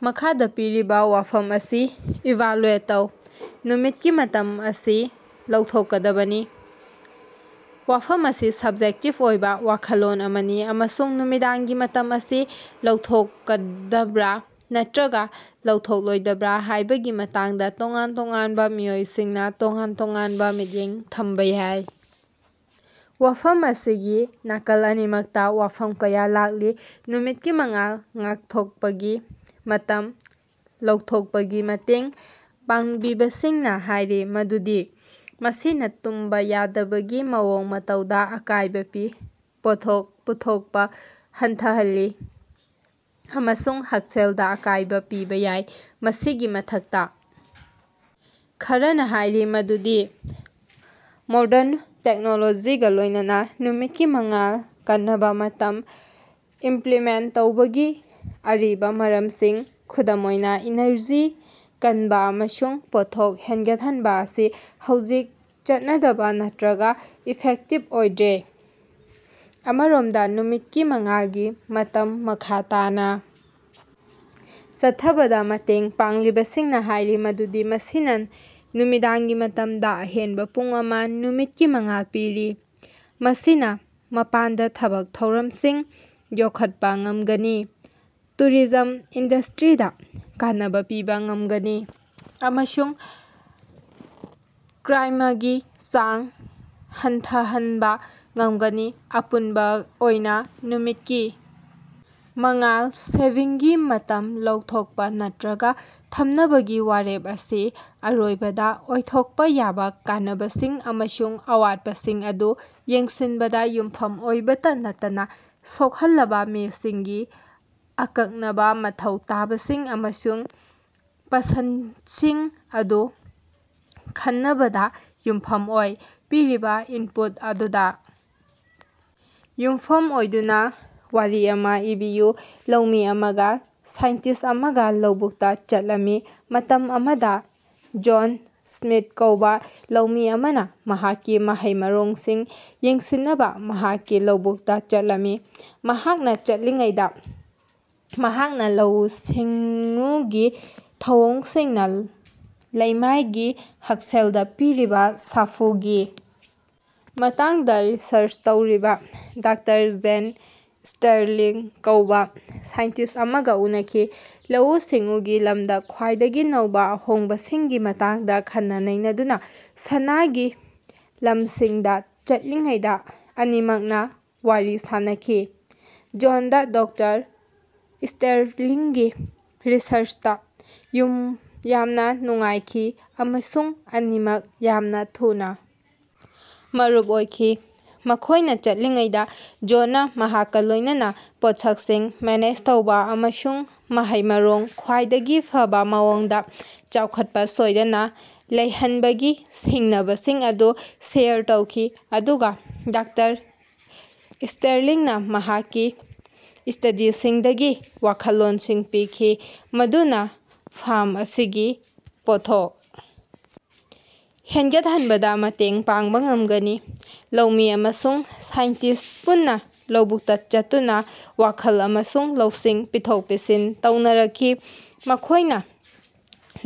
ꯃꯈꯥꯗꯥ ꯄꯤꯔꯤꯕꯥ ꯋꯥꯐꯝ ꯑꯁꯤ ꯏꯚꯥꯜꯌꯨꯑꯦꯠ ꯇꯧ: "ꯅꯨꯃꯤꯠꯀꯤ ꯃꯇꯝ ꯑꯁꯤ ꯂꯧꯊꯣꯛꯀꯗꯕꯅꯤ꯫" ꯋꯥꯐꯝ ꯑꯁꯤ ꯁꯕꯖꯦꯛꯇꯤꯕ ꯑꯣꯏꯕꯥ ꯋꯥꯈꯜꯂꯣꯟ ꯑꯃꯅꯤ ꯑꯃꯁꯨꯡ ꯅꯨꯃꯤꯗꯥꯡꯒꯤ ꯃꯇꯝ ꯑꯁꯤ ꯂꯧꯊꯣꯛꯀꯗꯕ꯭ꯔꯥ ꯅꯠꯇ꯭ꯔꯒꯥ ꯂꯧꯊꯣꯛꯂꯣꯏꯗꯕ꯭ꯔꯥ ꯍꯥꯏꯕꯒꯤ ꯃꯇꯥꯡꯗꯥ ꯇꯣꯉꯥꯟ ꯇꯣꯉꯥꯟꯕꯥ ꯃꯤꯑꯣꯏꯁꯤꯡꯅꯥ ꯇꯣꯉꯥꯟ ꯇꯣꯉꯥꯟꯕꯥ ꯃꯤꯠꯌꯦꯡ ꯊꯝꯕꯥ ꯌꯥꯏ꯫ ꯋꯥꯐꯝ ꯑꯁꯤꯒꯤ ꯅꯥꯀꯜ ꯑꯅꯤꯃꯛꯇꯥ ꯋꯥꯐꯝ ꯀꯌꯥ ꯂꯥꯛꯂꯤ꯫ ꯅꯨꯃꯤꯠꯀꯤ ꯃꯉꯥꯜ ꯉꯥꯛꯊꯣꯀꯄꯒꯤ ꯃꯇꯝ ꯂꯧꯊꯣꯛꯄꯒꯤ ꯃꯇꯦꯡ ꯄꯥꯡꯂꯤꯕꯁꯤꯡꯅꯥ ꯍꯥꯏꯔꯤ ꯃꯗꯨꯗꯤ ꯃꯁꯤꯅꯥ ꯇꯨꯝꯕꯥ ꯌꯥꯗꯕꯒꯤ ꯃꯑꯣꯡ ꯃꯇꯧꯗꯥ ꯑꯀꯥꯏꯕꯥ ꯄꯤ, ꯄꯣꯠꯊꯣꯛ ꯄꯨꯊꯣꯀꯄꯥ ꯍꯟꯊꯍꯜꯂꯤ ꯑꯃꯁꯨꯡ ꯍꯛꯁꯦꯜꯗꯥ ꯑꯀꯥꯏꯕ ꯄꯤꯕꯥ ꯌꯥꯏ꯫ ꯃꯁꯤꯒꯤ ꯃꯊꯛꯇꯥ, ꯈꯔꯅꯥ ꯍꯥꯏꯔꯤ ꯃꯗꯨꯗꯤ ꯃꯣꯗꯔꯟ ꯇꯦꯛꯅꯣꯂꯣꯖꯤꯒꯥ ꯂꯣꯏꯅꯅꯥ, ꯅꯨꯃꯤꯠꯀꯤ ꯃꯉꯥꯜ ꯀꯅꯕꯥ ꯃꯇꯝ ꯏꯝꯄꯂꯤꯃꯦꯟꯇ ꯇꯧꯕꯒꯤ ꯑꯔꯤꯕꯥ ꯃꯔꯝꯁꯤꯡ, ꯈꯨꯗꯝ ꯑꯣꯏꯅꯥ ꯏꯅꯔꯖꯤ ꯀꯅꯕꯥ ꯑꯃꯁꯨꯡ ꯄꯣꯠꯊꯣꯛ ꯍꯦꯟꯒꯠꯍꯟꯕ ꯑꯁꯤ ꯍꯧꯖꯤꯛ ꯆꯠꯅꯗꯕꯥ ꯅꯠꯇ꯭ꯔꯒꯥ ꯏꯐꯦꯛꯇꯤꯕ ꯑꯣꯏꯗ꯭ꯔꯦ꯫ ꯑꯃꯔꯣꯝꯗꯥ, ꯅꯨꯃꯤꯠꯀꯤ ꯃꯉꯥꯜꯒꯤ ꯃꯇꯝ ꯃꯈꯥ ꯇꯥꯅꯥ ꯆꯠꯊꯕꯗꯥ ꯃꯇꯦꯡ ꯄꯥꯡꯂꯤꯕꯁꯤꯡꯅꯥ ꯍꯥꯏꯔꯤ ꯃꯗꯨꯗꯤ ꯃꯁꯤꯅꯥ ꯅꯨꯃꯤꯗꯥꯡꯒꯤ ꯃꯇꯝꯗꯥ ꯑꯍꯦꯟꯕꯥ ꯄꯨꯡ ꯑꯃꯥ ꯅꯨꯃꯤꯠꯀꯤ ꯃꯉꯥꯜ ꯄꯤꯔꯤ, ꯃꯁꯤꯅꯥ ꯃꯄꯥꯟꯗꯥ ꯊꯕꯛ ꯊꯧꯔꯝꯁꯤꯡ ꯌꯣꯛꯈꯠꯄꯥ ꯉꯝꯒꯅꯤ, ꯇꯨꯔꯤꯖꯝ ꯏꯟꯗꯁꯇ꯭ꯔꯤꯗꯥ ꯀꯥꯟꯅꯕꯥ ꯄꯤꯕꯥ ꯉꯝꯒꯅꯤ, ꯑꯃꯁꯨꯡ ꯀ꯭ꯔꯥꯏꯃꯒꯤ ꯆꯥꯡ ꯍꯟꯊꯍꯟꯕꯥ ꯉꯝꯒꯅꯤ꯫ ꯑꯄꯨꯟꯕꯥ ꯑꯣꯏꯅꯥ, ꯅꯨꯃꯤꯠꯀꯤ ꯃꯉꯥꯜ ꯁꯦꯚꯤꯡꯒꯤ ꯃꯇꯝ ꯂꯧꯊꯣꯀꯄꯥ ꯅꯠꯇ꯭ꯔꯒꯥ ꯊꯝꯅꯕꯒꯤ ꯋꯥꯔꯦꯞ ꯑꯁꯤ ꯑꯔꯣꯏꯕꯗꯥ ꯑꯣꯏꯊꯣꯛꯄꯥ ꯌꯥꯕꯥ ꯀꯥꯟꯅꯕꯁꯤꯡ ꯑꯃꯁꯨꯡ ꯑꯋꯥꯠꯄꯁꯤꯡ ꯑꯗꯨ ꯌꯦꯡꯁꯤꯟꯕꯗꯥ ꯌꯨꯝꯐꯝ ꯑꯣꯏꯕꯇꯥ ꯅꯠꯇꯅꯥ ꯁꯣꯛꯍꯜꯂꯕꯥ ꯃꯤꯁꯤꯡꯒꯤ ꯑꯀꯛꯅꯕꯥ ꯃꯊꯧ ꯇꯥꯕꯁꯤꯡ ꯑꯃꯁꯨꯡ ꯄꯁꯟꯗꯁꯤꯡ ꯑꯗꯨ ꯈꯟꯅꯕꯗꯥ ꯌꯨꯝꯐꯝ ꯑꯣꯏ꯫ ꯄꯤꯔꯤꯕꯥ ꯏꯟꯄꯨꯠ ꯑꯗꯨꯗꯥ ꯌꯨꯝꯐꯝ ꯑꯣꯏꯗꯨꯅꯥ ꯋꯥꯔꯤ ꯑꯃꯥ ꯏꯕꯤꯌꯨ꯫ ꯂꯧꯃꯤ ꯑꯃꯒ ꯁꯥꯏꯟꯇꯤꯁ ꯑꯃꯒ ꯂꯧꯕꯨꯛꯇꯥ ꯆꯠꯂꯝꯃꯤ꯫ ꯃꯇꯝ ꯑꯃꯗꯥ ꯖꯣꯟ ꯁ꯭ꯃꯤꯊ ꯀꯧꯕꯥ ꯂꯧꯃꯤ ꯑꯃꯅꯥ ꯃꯍꯥꯛꯀꯤ ꯃꯍꯩ-ꯃꯔꯣꯡꯁꯤꯡ ꯌꯦꯡꯁꯤꯟꯅꯕꯥ ꯃꯍꯥꯛꯀꯤ ꯂꯧꯕꯨꯛꯇꯥ ꯆꯠꯂꯝꯃꯤ꯫ ꯃꯍꯥꯛꯅꯥ ꯆꯠꯂꯤꯉꯩꯗꯥ ꯃꯍꯥꯛꯅꯥ ꯂꯧꯎ-ꯁꯤꯡꯎꯒꯤ ꯊꯧꯑꯣꯡꯁꯤꯡꯅꯥ ꯂꯩꯃꯥꯏꯒꯤ ꯍꯛꯁꯦꯜꯗꯥ ꯄꯤꯔꯤꯕꯥ ꯁꯥꯐꯨꯒꯤ ꯃꯇꯥꯡꯗꯥ ꯔꯤꯁꯔꯆ ꯇꯧꯔꯤꯕꯥ ꯗꯥꯛꯇꯔ ꯖꯦꯟ ꯁ꯭ꯇꯦꯔꯂꯤꯡ ꯀꯧꯕꯥ ꯁꯥꯏꯟꯇꯤꯁ ꯑꯃꯒꯥ ꯎꯅꯈꯤ꯫ ꯂꯧꯎ-ꯁꯤꯡꯎꯒꯤ ꯂꯝꯗꯥ ꯈ꯭ꯋꯥꯏꯗꯒꯤ ꯅꯧꯕꯥ ꯑꯍꯣꯡꯕꯁꯤꯡꯒꯤ ꯃꯇꯥꯡꯗꯥ ꯈꯟꯅ-ꯅꯩꯅꯗꯨꯅꯥ ꯁꯅꯥꯒꯤ ꯂꯝꯁꯤꯡꯗꯥ ꯆꯠꯂꯤꯉꯩꯗꯥ ꯑꯅꯤꯃꯛꯅꯥ ꯋꯥꯔꯤ ꯁꯥꯅꯈꯤ꯫ ꯖꯣꯟꯗꯥ ꯗꯣꯛꯇꯔ ꯁ꯭ꯇꯦꯔꯂꯤꯡꯒꯤ ꯔꯤꯁꯔꯆꯇꯥ ꯌꯥꯝꯅꯥ ꯅꯨꯡꯉꯥꯏꯈꯤ, ꯑꯃꯁꯨꯡ ꯑꯅꯤꯃꯛ ꯌꯥꯝꯅꯥ ꯊꯨꯅꯥ ꯃꯔꯨꯞ ꯑꯣꯏꯈꯤ꯫ ꯃꯈꯣꯌꯅꯥ ꯆꯠꯂꯤꯉꯩꯗꯥ, ꯖꯣꯟꯅꯥ ꯃꯍꯥꯛꯀꯥ ꯂꯣꯏꯅꯅꯥ ꯄꯣꯠꯁꯛꯁꯤꯡ ꯃꯦꯅꯦꯖ ꯇꯧꯕꯥ ꯑꯃꯁꯨꯡ ꯃꯍꯩ-ꯃꯔꯣꯡ ꯈ꯭ꯋꯥꯏꯗꯒꯤ ꯐꯕꯥ ꯃꯑꯣꯡꯗꯥ ꯆꯥꯎꯈꯠꯄꯥ ꯁꯣꯏꯗꯅꯥ ꯂꯩꯍꯟꯕꯒꯤ ꯁꯤꯡꯅꯕꯁꯤꯡ ꯑꯗꯨ ꯁꯦꯌꯔ ꯇꯧꯈꯤ, ꯑꯗꯨꯒꯥ ꯗꯥꯛꯇꯔ ꯁ꯭ꯇꯦꯔꯂꯤꯡꯅꯥ ꯃꯍꯥꯛꯀꯤ ꯁ꯭ꯇꯗꯤꯁꯤꯡꯗꯒꯤ ꯋꯥꯈꯜꯂꯣꯟꯁꯤꯡ ꯄꯤꯈꯤ ꯃꯗꯨꯅꯥ ꯐꯥꯔꯝ ꯑꯁꯤꯒꯤ ꯄꯣꯠꯊꯣꯛ ꯍꯦꯟꯒꯠꯍꯟꯕꯗꯥ ꯃꯇꯦꯡ ꯄꯥꯡꯕꯥ ꯉꯝꯒꯅꯤ꯫ ꯂꯧꯃꯤ ꯑꯃꯁꯨꯡ ꯁꯥꯏꯟꯇꯤꯁ ꯄꯨꯟꯅꯥ ꯂꯧꯕꯨꯛꯇꯥ ꯆꯠꯇꯨꯅꯥ ꯋꯥꯈꯜ ꯑꯃꯁꯨꯡ ꯂꯧꯁꯤꯡ ꯄꯤꯊꯣꯛ-ꯄꯤꯁꯤꯟ ꯇꯧꯅꯔꯛꯈꯤ꯫ ꯃꯈꯣꯌꯅꯥ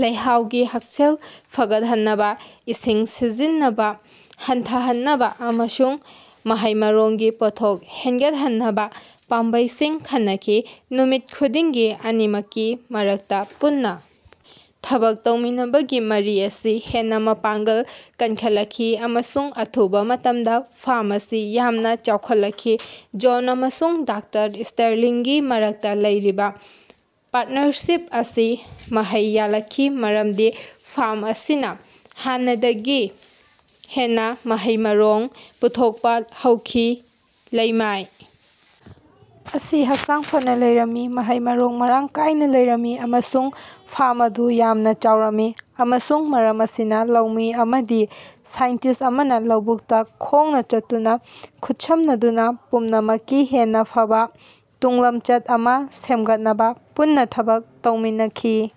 ꯂꯩꯍꯥꯎꯒꯤ ꯍꯛꯁꯦꯜ ꯐꯒꯠꯍꯟꯅꯕꯥ, ꯏꯁꯤꯡ ꯁꯤꯖꯤꯟꯅꯕꯥ ꯍꯟꯊꯍꯟꯅꯕꯥ ꯑꯃꯁꯨꯡ ꯃꯍꯩ-ꯃꯔꯣꯡꯒꯤ ꯄꯣꯠꯊꯣꯛ ꯍꯦꯅꯒꯠꯍꯟꯅꯕꯥ ꯄꯥꯝꯕꯩꯁꯤꯡ ꯈꯟꯅꯈꯤ꯫ ꯅꯨꯃꯤꯠ ꯈꯨꯗꯤꯡꯒꯤ ꯑꯅꯤꯃꯛꯀꯤ ꯃꯔꯛꯇꯥ ꯄꯨꯟꯅꯥ ꯊꯕꯛ ꯇꯧꯃꯤꯟꯅꯕꯒꯤ ꯃꯔꯤ ꯑꯁꯤ ꯍꯦꯟꯅꯥ ꯃꯄꯥꯡꯒꯜ ꯀꯟꯈꯠꯂꯛꯈꯤ ꯑꯃꯁꯨꯡ ꯑꯊꯨꯕꯥ ꯃꯇꯝꯗꯥ ꯐꯥꯔꯝ ꯑꯁꯤ ꯌꯥꯝꯅꯥ ꯆꯥꯎꯈꯠꯂꯛꯈꯤ꯫ ꯖꯣꯟ ꯑꯃꯁꯨꯡ ꯗꯥꯛꯇꯔ ꯁ꯭ꯇꯦꯔꯂꯤꯡꯒꯤ ꯃꯔꯛꯇꯥ ꯂꯩꯔꯤꯕꯥ ꯄꯥꯔꯠꯅꯔꯁꯤꯞ ꯑꯁꯤ ꯃꯍꯩ ꯌꯥꯜꯂꯛꯈꯤ, ꯃꯔꯝꯗꯤ ꯐꯥꯔꯝ ꯑꯁꯤꯅꯥ ꯍꯥꯟꯅꯗꯒꯤ ꯍꯦꯟꯅꯥ ꯃꯍꯩ-ꯃꯔꯣꯡ ꯄꯨꯊꯣꯛꯄꯥ ꯍꯧꯈꯤ꯫ ꯂꯩꯃꯥꯏ ꯑꯁꯤ ꯍꯛꯆꯥꯡ ꯐꯅꯥ ꯂꯩꯔꯝꯃꯤ, ꯃꯍꯩ-ꯃꯔꯣꯡ ꯃꯔꯥꯡ ꯀꯥꯏꯅꯥ ꯂꯩꯔꯝꯃꯤ ꯑꯃꯁꯨꯡ ꯐꯥꯔꯝ ꯑꯗꯨ ꯌꯥꯝꯅꯥ ꯆꯥꯎꯔꯝꯃꯤ꯫ ꯑꯃꯁꯨꯡ ꯃꯔꯝ ꯑꯁꯤꯅꯥ, ꯂꯧꯃꯤ ꯑꯃꯗꯤ ꯁꯥꯏꯟꯇꯤꯁ ꯑꯃꯅꯥ ꯂꯧꯕꯨꯛꯇꯥ ꯈꯣꯡꯅꯥ ꯆꯠꯇꯨꯅꯥ, ꯈꯨꯠꯁꯝꯅꯗꯨꯅꯥ, ꯄꯨꯝꯅꯃꯛꯀꯤ ꯍꯦꯟꯅꯥ ꯐꯕꯥ ꯇꯨꯡꯂꯝꯆꯠ ꯑꯃꯥ ꯁꯦꯝꯒꯠꯅꯕꯥ ꯄꯨꯟꯅꯥ ꯊꯕꯛ ꯇꯧꯃꯤꯟꯅꯈꯤ꯫